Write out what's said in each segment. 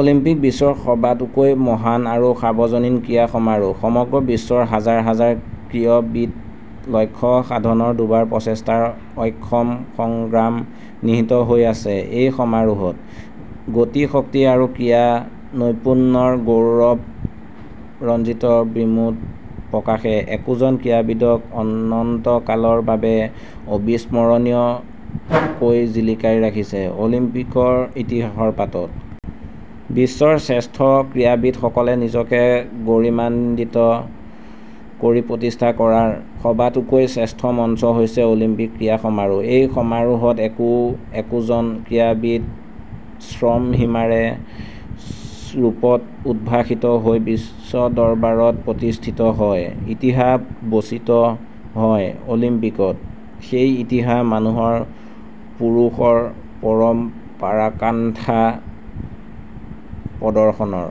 Olympic বিশ্বৰ সবাতোকৈ মহান আৰু সাৰ্বজনীন ক্ৰীড়া সমাৰোহ। সমগ্ৰ বিশ্বৰ হাজাৰ হাজাৰ ক্ৰীড়বিদ লক্ষ্য সাধনৰ দুৰ্বাৰ প্ৰচেষ্টাৰ অক্ষয় সংগ্ৰাম নিহিত হৈ আছে এই সমাৰোহত। গতি শক্তি আৰু ক্ৰীড়া নৈপুণ্যৰ গৌৰৱ-ৰঞ্জিত বিমূৰ্ত্ত প্ৰকাশে একোজন ক্ৰীড়াবিদক অনন্তকালৰ বাবে অবিস্মৰণীয় কৈ জিলিকাই ৰাখিছে অলিম্পিকৰ ইতিহাসৰ পাতত। বিশ্বৰ শ্ৰেষ্ঠ ক্ৰীড়াবিদসকলে নিজকে গৰিমামণ্ডিত কৰি প্ৰতিষ্ঠা কৰাৰ সবাতোকৈ শ্ৰেষ্ঠ মঞ্চ হৈছে অলিম্পিক ক্ৰীড়া সমাৰোহ। এই সমাৰোহত একো একোজন ক্ৰীড়াবিদ স্বমহিমাৰে ৰূপত উদ্ভাসিত হৈ বিশ্বদৰবাৰত প্ৰতিষ্ঠিত হয়। ইতিহাস বচিত হয় অলিম্পিকত। সেই ইতিহাস মানুহৰ পৌৰুষৰ পৰম পৰাকাষ্ঠা প্ৰদৰ্শনৰ।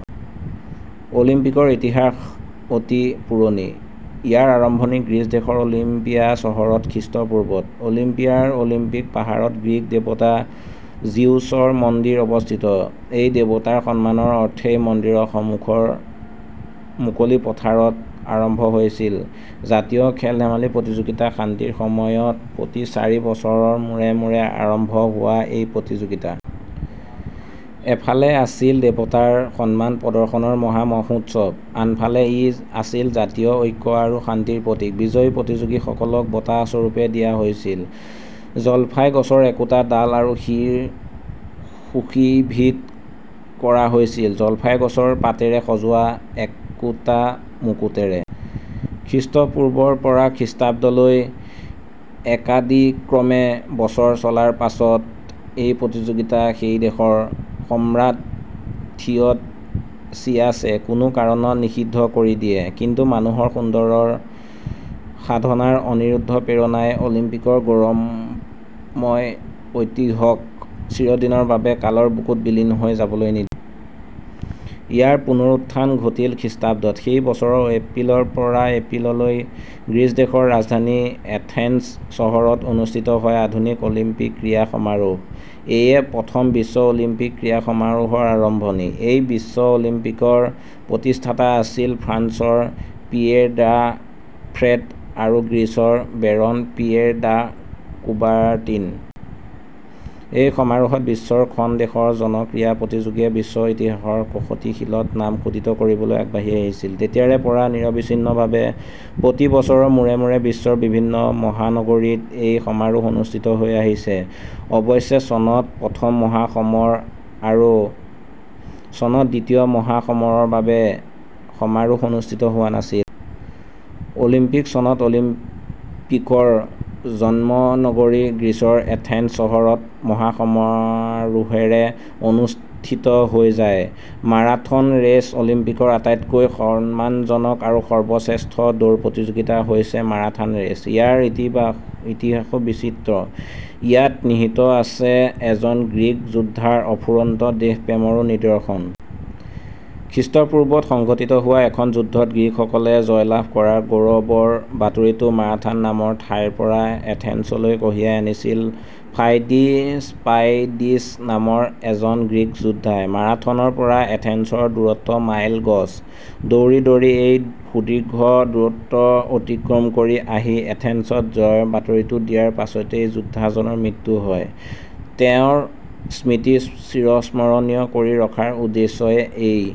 অলিম্পিকৰ ইতিহাস অতি পুৰণি৷ ইয়াৰ আৰম্ভণি গ্ৰীচ দেশৰ অলিম্পিয়া চহৰত খৃষ্ট পূৰ্বত। অলিম্পিয়াৰ অলিম্পিক পাহাৰত গ্ৰীক দেৱতা জিউচৰ মন্দিৰ অৱস্থিত। এই দেৱতাৰ সন্মানৰ অৰ্থেই মন্দিৰৰ সন্মুখৰ মুকলি পথাৰত আৰম্ভ হৈছিল জাতীয় খেল-ধেমালি প্ৰতিযোগিতা শান্তিৰ সময়ত প্ৰতি চাৰি বছৰৰ মূৰে মূৰে আৰম্ভ হোৱা এই প্ৰতিযোগিতা। এফালে আছিল দেৱতাৰ সন্মান প্ৰদৰ্শনৰ মহা মহোৎসৱ, আনফালে ই আছিল জাতীয় ঐক্য আৰু শান্তিৰ প্ৰতীক। বিজয়ী প্ৰতিযোগীসকলক বঁটা স্বৰূপে দিয়া হৈছিল জলফাই গছৰ একোটা ডাল আৰু শিৰ সুশোভিত কৰা হৈছিল জলফাই গছৰ পাতেৰে সজোৱা একোটা মুকুটেৰে। খৃঃপূঃ ৰ পৰা খৃষ্টাব্দ লৈ একাদিক্ৰমে বছৰ চলাৰ পাছত এই প্ৰতিযোগিতা সেই দেশৰ সম্ৰাট থিয়ড চিয়াছে কোনো কাৰণত নিষিদ্ধ কৰি দিয়ে। কিন্তু মানুহৰ সুন্দৰৰ সাধনাৰ অনিৰুদ্ধ প্ৰেৰণাই অলিম্পিকৰ গৌৰৱময় ঐতিহ্যক চিৰদিনৰ বাবে কালৰ বুকুত বিলীন হৈ যাবলৈ নিদিলে। ইয়াৰ পুনৰুত্থান ঘটিল খৃষ্টাব্দত। সেই বছৰৰ এপ্ৰিলৰ পৰা এপ্ৰিললৈ গ্ৰীচ দেশৰ ৰাজধানী এথেন্স চহৰত অনুষ্ঠিত হয় আধুনিক অলিম্পিক ক্ৰীড়া সমাৰোহ। এয়ে প্ৰথম বিশ্ব অলিম্পিক ক্ৰীড়া সমাৰোহৰ আৰম্ভণি ৷ এই বিশ্ব অলিম্পিকৰ প্ৰতিষ্ঠাতা আছিল ফ্ৰান্সৰ পিয়েৰ দা ফ্ৰেড্ আৰু গ্ৰীচৰ বেৰণ পিয়েৰ দা কুবাৰটিন। এই সমাৰোহত বিশ্বৰ খন দেশৰ জন ক্ৰীড়া প্ৰতিযোগীয়ে বিশ্ব ইতিহাসৰ কষটি শিলত নাম খোদিত কৰিবলৈ আগবাঢ়ি আহিছিল। তেতিয়াৰে পৰা নিৰৱচ্ছিন্নভাৱে প্ৰতি বছৰৰ মূৰে মূৰে বিশ্বৰ বিভিন্ন মহানগৰীত এই সমাৰোহ অনুষ্ঠিত হৈ আহিছে। অৱশ্যে চনত প্ৰথম মহাসমৰ আৰু আৰু চনত দ্বিতীয় মহা সমৰৰ বাবে সমাৰোহ অনুষ্ঠিত হোৱা নাছিল। অলিম্পিক চনত আলিম্পিকৰ জন্মনগৰী গ্ৰীচৰ এথেন্স চহৰত মহাসমাৰোহেৰে অনুস্থিত হৈ যায়। মাৰাথন ৰেচ অলিম্পিকৰ আটাইতকৈ সন্মানজনক আৰু সৰ্বশ্ৰেষ্ঠ দৌৰ প্ৰতিযোগিতা হৈছে মাৰাথান ৰেচ। ইয়াৰ ইতিহাসো বিচিত্ৰ। ইয়াত নিহিত আছে এজন গ্ৰীক যোদ্ধাৰ অফুৰন্ত দেশপ্ৰেমৰো নিদৰ্শন। খৃঃপূঃ ত সংঘটিত হোৱা এখন যুদ্ধত গ্ৰীকসকলে জয়লাভ কৰাৰ গৌৰৱৰ বাতৰিটো মাৰাথান নামৰ ঠাইৰ পৰা এথেন্সলৈ কঢ়িয়াই আনিছিল ফাইডি স্পাইডিছ নামৰ এজন গ্ৰীক যোদ্ধাই। মাৰাৰ্থনৰ পৰা এথেন্সৰ দূৰত্ব মাইল গজ। দৌৰি দৌৰি এই সুদীৰ্ঘ দূৰত্ব অতিক্ৰম কৰি আহি এথেন্সত জয়ৰ বাতৰিটো দিয়াৰ পাছতেই যোদ্ধাজনৰ মৃত্যু হয়। তেওঁৰ স্মৃতি চিৰস্মৰণীয় কৰি ৰখাৰ উদ্দেশ্যেই এই